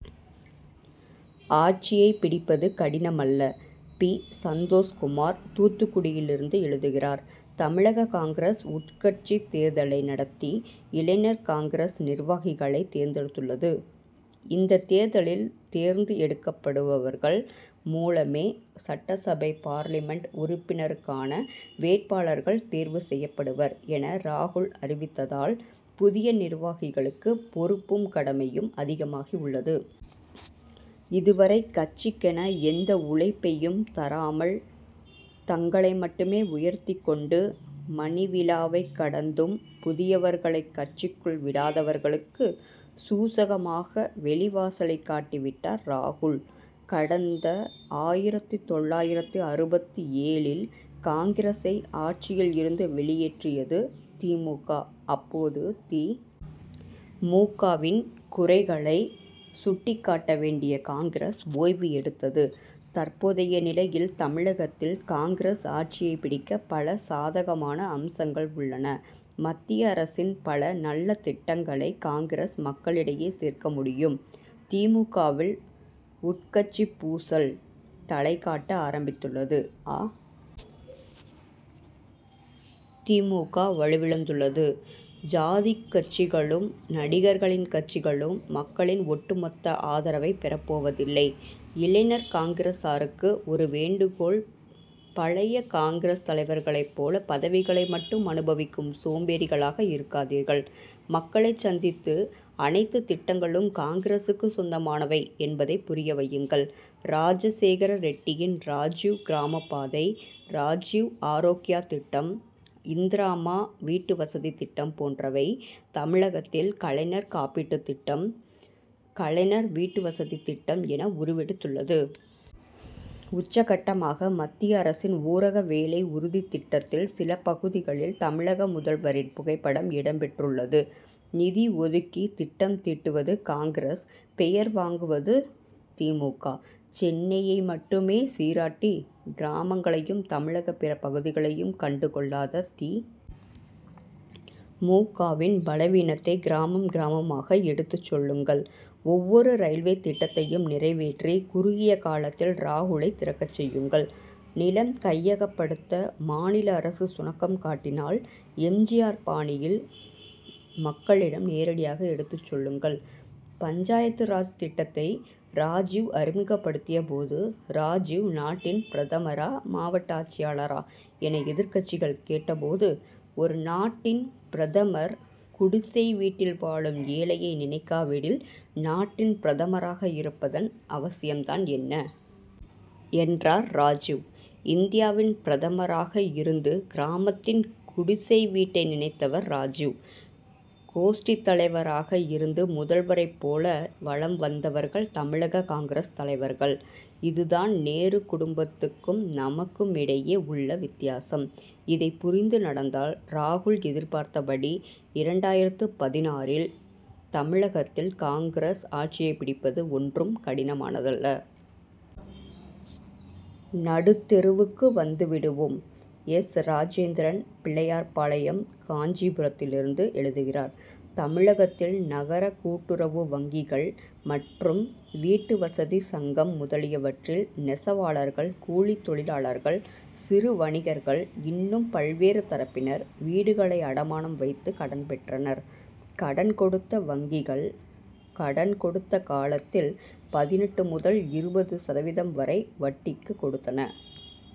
ஆட்சியைப் பிடிப்பது கடினமல்ல! பி. சந்தோஷ்குமார் தூத்துக்குடியிலிருந்து எழுதுகிறார் தமிழக காங்கிரஸ் உட்கட்சித் தேர்தலை நடத்தி இளைஞர் காங்கிரஸ் நிர்வாகிகளைத் தேர்ந்தெடுத்துள்ளது. இந்தத் தேர்தலில் தேர்ந்து எடுக்கப்படுபவர்கள் மூலமே சட்டசபை பார்லிமென்ட் உறுப்பினருக்கான வேட்பாளர்கள் தேர்வு செய்யப்படுவர் என ராகுல் அறிவித்ததால் புதிய நிர்வாகிகளுக்கு பொறுப்பும் கடமையும் அதிகமாகி உள்ளது. இதுவரை கட்சிக்கென எந்த உழைப்பையும் தராமல் தங்களை மட்டுமே உயர்த்திக் கொண்டு மணிவிழாவைக் கடந்தும் புதியவர்களைக் கட்சிக்குள் விடாதவர்களுக்கு சூசகமாக வெளிவாசலைக் காட்டி விட்டார் ராகுல். கடந்த ஆயிரத்து தொள்ளாயிரத்து அறுபத்து ஏழில் காங்கிரசை ஆட்சியில் இருந்து வெளியேற்றியது தி. மு. க. அப்போது தி. மு. க.வின் குறைகளை சுட்டிக்காட்ட வேண்டிய காங்கிரஸ் ஓய்வு எடுத்தது. தற்போதைய நிலையில் தமிழகத்தில் காங்கிரஸ் ஆட்சியைப் பிடிக்க பல சாதகமான அம்சங்கள் உள்ளன. மத்திய அரசின் பல நல்ல திட்டங்களை காங்கிரஸ் மக்களிடையே சேர்க்க முடியும். தி. மு. க.வில் உட்கட்சிப்பூசல் தலைகாட்ட ஆரம்பித்துள்ளது அ. தி. மு. க. வலுவிழந்துள்ளது. ஜாதிக்கட்சிகளும் நடிகர்களின் கட்சிகளும் மக்களின் ஒட்டுமொத்த ஆதரவைப் பெறப்போவதில்லை. இளைஞர் காங்கிரசாருக்கு ஒரு வேண்டுகோள்பழைய காங்கிரஸ் தலைவர்களைப் போல பதவிகளை மட்டும் அனுபவிக்கும் சோம்பேறிகளாக இருக்காதீர்கள். மக்களைச் சந்தித்து அனைத்துத் திட்டங்களும் காங்கிரசுக்கு சொந்தமானவை என்பதை புரிய வையுங்கள். ராஜசேகர ரெட்டியின் ராஜிவ் கிராமபாதை ராஜிவ் ஆரோக்யா திட்டம் இந்திராம்மா வீட்டுவசதி திட்டம் போன்றவை தமிழகத்தில் கலைஞர் காப்பீட்டு திட்டம் கலைஞர் வீட்டு வசதி திட்டம் என உருவெடுத்துள்ளது. உச்சகட்டமாக மத்திய அரசின் ஊரக வேலை உறுதித் திட்டத்தில் சில பகுதிகளில் தமிழக முதல்வரின் புகைப்படம் இடம் பெற்றுள்ளது. நிதி ஒதுக்கி திட்டம் தீட்டுவது காங்கிரஸ் பெயர் வாங்குவது தி. மு. க. சென்னையை மட்டுமே சீராட்டி கிராமங்களையும் தமிழக பிற பகுதிகளை கண்டுகொள்ளாத தி. மு. க.வின் பலவீனத்தை கிராமம் கிராமமாக எடுத்துச் சொல்லுங்கள். ஒவ்வொரு ரயில்வே திட்டத்தையும் நிறைவேற்றி குறுகிய காலத்தில் ராகுலை திறக்கச் செய்யுங்கள். நிலம் கையகப்படுத்த மாநில அரசு சுணக்கம் காட்டினால் எம். ஜி. ஆர். பாணியில் மக்களிடம் நேரடியாக எடுத்துச் சொல்லுங்கள். பஞ்சாயத்து ராஜ் திட்டத்தை ராஜிவ் அறிமுகப்படுத்தியபோது ராஜிவ் நாட்டின் பிரதமரா மாவட்ட ஆட்சியாளரா என எதிர்க்கட்சிகள் கேட்டபோது ஒரு நாட்டின் பிரதமர் குடிசை வீட்டில் வாழும் ஏழையை நினைக்காவிடில் நாட்டின் பிரதமராக இருப்பதன் அவசியம் தான் என்ன! என்றார் ராஜிவ். இந்தியாவின் பிரதமராக இருந்து கிராமத்தின் குடிசை வீட்டை நினைத்தவர் ராஜிவ். கோஷ்டித் தலைவராக இருந்து முதல்வரைப் போல வலம் வந்தவர்கள் தமிழக காங்கிரஸ் தலைவர்கள். இதுதான் நேரு குடும்பத்துக் கும் நமக்குமிடையே உள்ள வித்தியாசம். இதை புரிந்து நடந்தால் ராகுல் எதிர்பார்த்தபடி இரண்டாயிரத்து பதினாறில் தமிழகத்தில் காங்கிரஸ் ஆட்சியை பிடிப்பது ஒன்றும் கடினமானதல்ல. நடுத்தெருவுக்கு வந்துவிடுவோம்! எஸ். ராஜேந்திரன் பிள்ளையார்பாளையம் காஞ்சிபுரத்திலிருந்து எழுதுகிறார் தமிழகத்தில் நகர கூட்டுறவு வங்கிகள் மற்றும் வீட்டு வசதி சங்கம் முதலியவற்றில் நெசவாளர்கள் கூலித் தொழிலாளர்கள் சிறு வணிகர்கள் இன்னும் பல்வேறு தரப்பினர் வீடுகளை அடமானம் வைத்து கடன் பெற்றனர். கடன் கொடுத்த வங்கிகள் கடன் கொடுத்த காலத்தில் பதினெட்டு முதல் இருபது சதவீதம் வரை வட்டிக்கு கொடுத்தன.